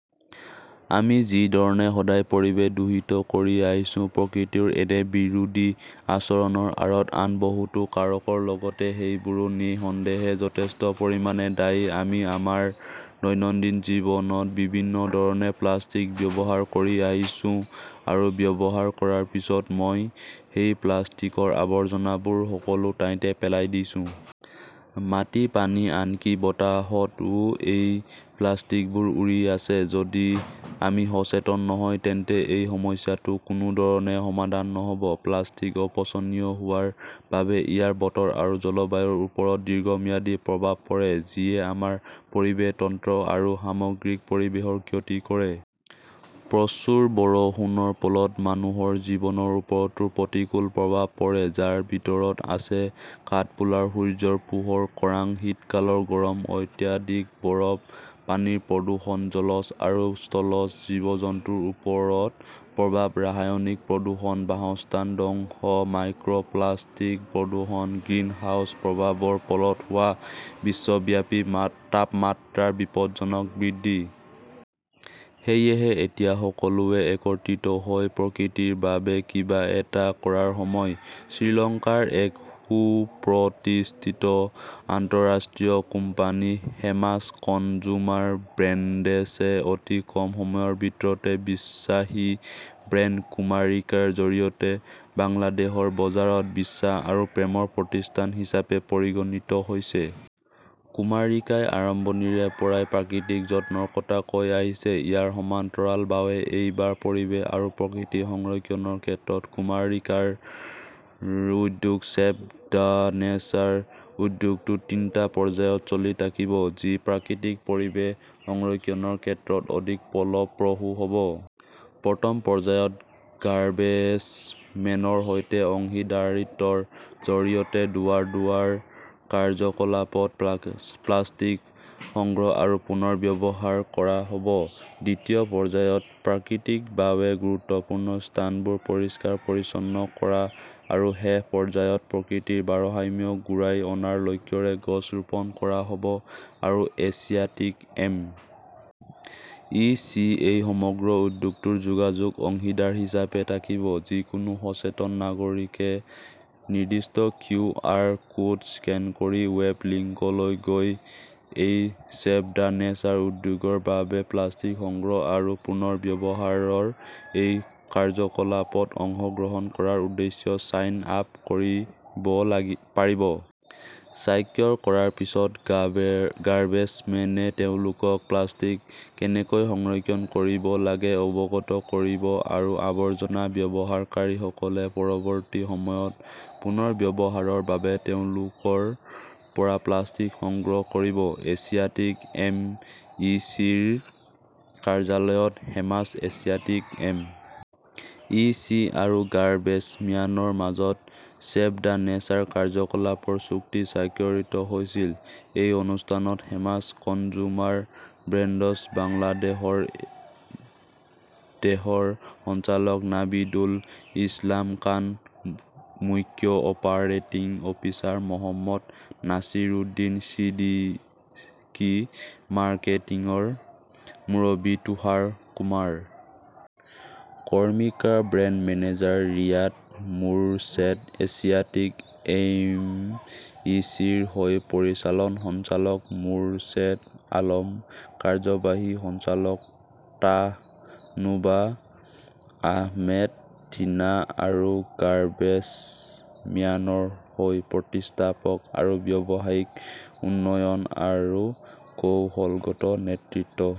আমি যি ধৰণে সদায় পৰিৱেশ দূষিত কৰি আহিছো, প্ৰকৃতিৰ এনে বিৰোধী আচৰণৰ আঁৰত আন বহুতো কাৰকৰ লগতে সেইবোৰো নিঃসন্দেহে যথেষ্ট পৰিমাণে দায়ী। আমি আমাৰ দৈনন্দিন জীৱনত বিভিন্ন ধৰণে প্লাষ্টিক ব্যৱহাৰ কৰি আহিছো আৰু ব্যৱহাৰ কৰাৰ পিছত, মই সেই প্লাষ্টিকৰ আৱৰ্জনাবোৰ সকলো ঠাইতে পেলাই দিছোঁ । মাটি, পানী, আনকি বতাহতও এই প্লাষ্টিকবোৰ উৰি আছে। যদি আমি সচেতন নহয় তেন্তে এই সমস্যাটো কোনো ধৰণে সমাধান নহব। প্লাষ্টিক অপচনীয় হোৱাৰ বাবে ইয়াৰ বতৰ আৰু জলবায়ুৰ ওপৰত দীৰ্ঘম্যাদী প্ৰভাৱ পৰে ,যিয়ে আমাৰ পৰিৱেশ তন্ত্ৰ আৰু সামগ্ৰিক পৰিৱেশৰ ক্ষতি কৰে। প্ৰচুৰ বৰষুণৰ ফলত মানুহৰ জীৱনৰ ওপৰতো প্ৰতিকূল প্ৰভাৱ পৰে, যাৰ ভিতৰত আছে কাঠফুলাৰ সূৰ্যৰ পোহৰ, খৰাং, শীতকালৰ গৰম, অত্যাধিক বৰফ, পানীৰ প্ৰদূষণ, জলজ আৰু স্থলজ জীৱ-জন্তুৰ ওপৰত প্ৰভাৱ, ৰাসায়নিক প্ৰদূষণ, বাসস্থান ধ্বংস, মাইক্ৰ প্লাষ্টিক প্ৰদূষণ, গ্ৰিনহাউজ প্ৰভাৱৰ ফলত হোৱা বিশ্বব্যাপী তাপমাত্ৰাৰ বিপদজনক বৃদ্ধি। সেয়েহে, এতিয়া সকলোৱে একত্ৰিত হৈ প্ৰকৃতিৰ বাবে কিবা এটা কৰাৰ সময়। শ্ৰীলংকাৰ এক সুপ্ৰতিষ্ঠিত আন্তঃৰাষ্ট্ৰীয় কোম্পানী হেমাছ কনজুমাৰ ব্ৰেণ্ডছে অতি কম সময়ৰ ভিতৰতে বিশ্বাসী ব্ৰেণ্ড কুমাৰিকাৰ জৰিয়তে বাংলাদেশৰ বজাৰত বিশ্বাস আৰু প্ৰেমৰ প্ৰতিষ্ঠান হিচাপে পৰিগণিত হৈছে। কুমাৰিকাই আৰম্ভণিৰে পৰাই প্ৰাকৃতিক যত্নৰ কথা কৈ আহিছে। ইয়াৰ সমান্তৰালভাৱে, এইবাৰ পৰিৱেশ আৰু প্ৰকৃতি সংৰক্ষণৰ ক্ষেত্ৰত কুমাৰিকাৰ উদ্যোগ "চেভ দ্য নেচাৰ", উদ্যোগটো তিনিটা পৰ্যায়ত চলি থাকিব। যি প্ৰাকৃতিক পৰিৱেশ সংৰক্ষণৰ ক্ষেত্ৰত অধিক ফলপ্ৰসূ হ'ব। প্ৰথম পৰ্যায়ত গাৰ্বেজমেনৰ সৈতে অংশীদাৰিত্বৰ জৰিয়তে দুৱাৰ-দুৱাৰ কাৰ্যকলাপত প্লাষ্টিক সংগ্ৰহ আৰু পুনৰ্ব্যৱহাৰ কৰা হ'ব। দ্বিতীয় পৰ্যায়ত প্ৰাকৃতিকভাৱে গুৰুত্বপূৰ্ণ স্থানবোৰ পৰিষ্কাৰ-পৰিচ্ছন্ন কৰা আৰু শেষ পৰ্যায়ত প্ৰকৃতিৰ ভাৰসাম্য ঘূৰাই অনাৰ লক্ষ্যৰে গছ ৰোপণ কৰা হ'ব আৰু এছিয়াটিক এম. ই. চি. এই সমগ্ৰ উদ্যোগটোৰ যোগাযোগ অংশীদাৰ হিচাপে থাকিব। যিকোনো সচেতন নাগৰিকে নিৰ্দিষ্ট কিউ. আৰ. কোড স্কেন কৰি ৱেব লিংকলৈ গৈ এই "চেভ দ্য নেচাৰ "উদ্যোগৰ বাবে প্লাষ্টিক সংগ্ৰহ আৰু পুনৰ্ব্যৱহাৰৰ এই কাৰ্যকলাপত অংশগ্ৰহণ কৰাৰ উদ্দেশ্যে ছাইন আপ কৰিব পাৰিব। স্বাক্ষৰ কৰাৰ পিছত গাৰ্বেজমেনে তেওঁলোকক প্লাষ্টিক কেনেকৈ সংৰক্ষণ কৰিব লাগে অৱগত কৰিব আৰু আৱৰ্জনা ব্যৱহাৰকাৰীসকলে পৰৱৰ্তী সময়ত পুনৰ্ব্যৱহাৰৰ বাবে তেওঁলোকৰ পৰা প্লাষ্টিক সংগ্ৰহ কৰিব। Asiatic M. ই. চি. -ৰ কাৰ্যালয়ত হেমাছ, এছিয়াটিক এম. ই. চি. আৰু গাৰ্বেজম্যানৰ মাজত ''চেভ দ্য নেচাৰ" কাৰ্যকলাপৰ চুক্তি স্বাক্ষৰিত হৈছিল। এই অনুষ্ঠানত হেমাছ কনজুমাৰ ব্ৰেণ্ডছ বাংলাদেশৰ দেশৰ সঞ্চালক নাভিদুল ইছলাম খান, মুখ্য অপাৰেটিং অফিচাৰ মহম্মদ নাছিৰউদ্দিন ছিদ্দিকী, মাৰ্কেটিংৰ মুৰব্বী Tushar Kumar Karmakar, brand manager Riyad Morshed, Asiatic এমইচিৰ হৈ পৰিচালন সঞ্চালক মোৰশ্বেদ আলম, কাৰ্যবাহী সঞ্চালক তাসনুভা আহমেদ টিনা আৰু গাৰ্বেজম্যানৰ হৈ প্ৰতিষ্ঠাপক আৰু ব্যৱসায়িক উন্নয়ন আৰু কৌশলগত নেতৃত্ব